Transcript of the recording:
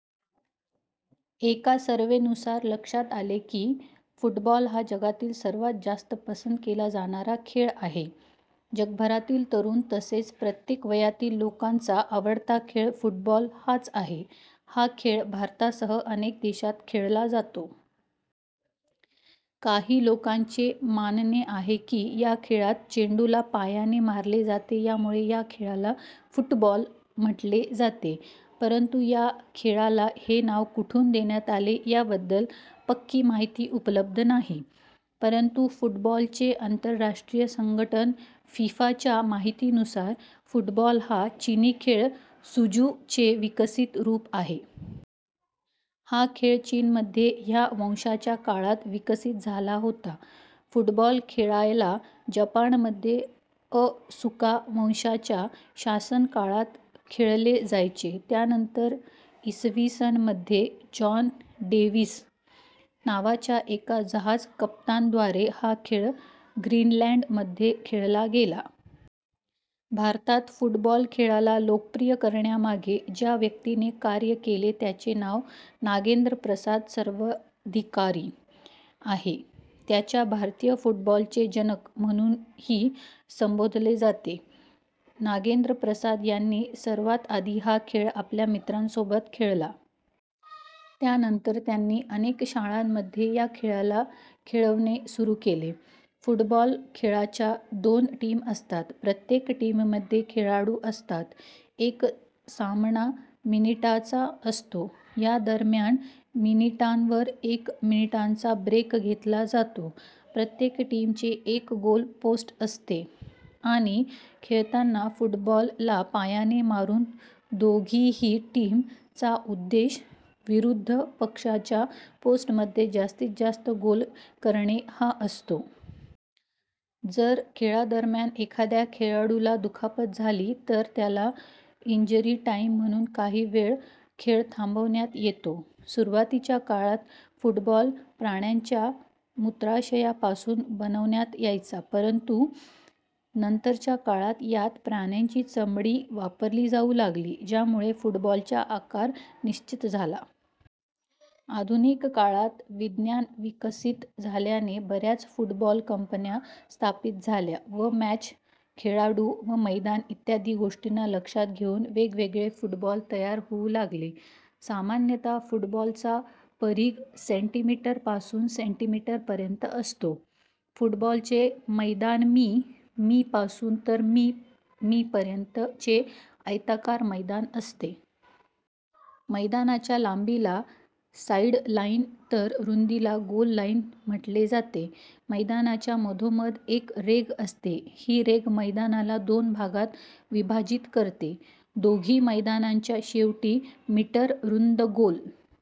एका सर्व्हेनुसार लक्षात आले आहे की फुटबॉल हा जगातील सर्वात जास्त पसंत केला जाणारा खेळ आहे. जगभरातील तरुण तसेच प्रत्येक वयातील लोकांचा आवडता खेळ फुटबॉल हाच आहे. हा खेळ भारतासह अनेक देशात खेळला जातो. काही लोकांचे मानणे आहे की या खेळात चेंडूला पायाने मारले जाते यामुळे या खेळाला फुटबॉल म्हटले जाते. परंतु या खेळाला हे नाव कुठून देण्यात आले याबद्दल पक्की माहिती उपलब्ध नाही. परंतु फुटबॉलचे आंतरराष्ट्रीय संघटन फिफा च्या माहितीनुसार फुटबॉल हा चिनी खेळ सुजू चे विकसित रूप आहे. हा खेळ चीनमध्ये 'ह्यां' वंशाच्या काळात विकसित झाला होता. फुटबॉल खेळायला जपानमध्ये असुका वंशाच्या शासन काळात खेळले जायचे. त्यानंतर इसवीसन मध्ये जॉन डेविस नावाच्या एका जहाज कप्तान द्वारे हा खेळ ग्रीनलँड मध्ये खेळला गेला. भारतात फुटबॉल खेळाला लोकप्रिय करण्यामागे ज्या व्यक्तीने कार्य केले त्यांचे नाव 'नागेन्द्र प्रसाद सर्वाधिकारी' आहे. त्यांना 'भारतीय फुटबॉल चे जनक' म्हणूनही संबोधले जाते. नागेंद्र प्रसाद यांनी सर्वात आधी हा खेळ आपल्या मित्रांसोबत खेळला. त्यानंतर त्यांनी अनेक शाळांमध्ये या खेळाला खेळवणे सुरू केले. फुटबॉल खेळाच्या दोन टीम असतात प्रत्येक टीम मध्ये खेळाडू असतात. एक सामना मिनिटांचा असतो. यादरम्यान मिनिटांवर एक मिनिटांचा ब्रेक घेतला जातो. प्रत्येक टीम चे एक गोल पोस्ट असते आणि खेळताना फुटबॉल ला पायाने मारून दोघीही टीम चा उद्देश विरुद्ध पक्षाच्या पोस्टमध्ये जास्तीत जास्त गोल करणे हा असतो. जर खेळादरम्यान एखाद्या खेळाडूला दुखापत झाली तर त्याला 'इंजरी टाईम' म्हणून काही वेळ खेळ थांबवण्यात येतो. सुरुवातीच्या काळात फुटबॉल प्राण्यांच्या मूत्राशया पासून बनवण्यात यायचा. परंतु नंतरच्या काळात यात प्राण्यांची चामडी वापरली जाऊ लागली, ज्यामुळे फुटबॉलच्या आकार निश्चित झाला. आधुनिक काळात विज्ञान विकसित झाल्याने बऱ्याच फुटबॉल कंपन्या स्थापित झाल्या व मॅच, खेळाडू व मैदान इत्यादी गोष्टींना लक्षात घेऊन वेगवेगळे फुटबॉल तयार होऊ लागले. सामान्यता फुटबॉलचा परीघ सेंटीमीटर पासून सेंटीमीटर पर्यंत असतो. फुटबॉल चे मैदान मी, मी पासून तर मी, मी पर्यंत चे आयताकार मैदान असते. मैदानाच्या लांबीला 'साइड लाइन' तर रुंदीला 'गोल लाईन' म्हटले जाते. मैदानाच्या मधोमध एक रेघ असते ही रेघ मैदानाला दोन भागात विभाजित करते. दोघी मैदानांच्या शेवटी मीटर रुंद गोल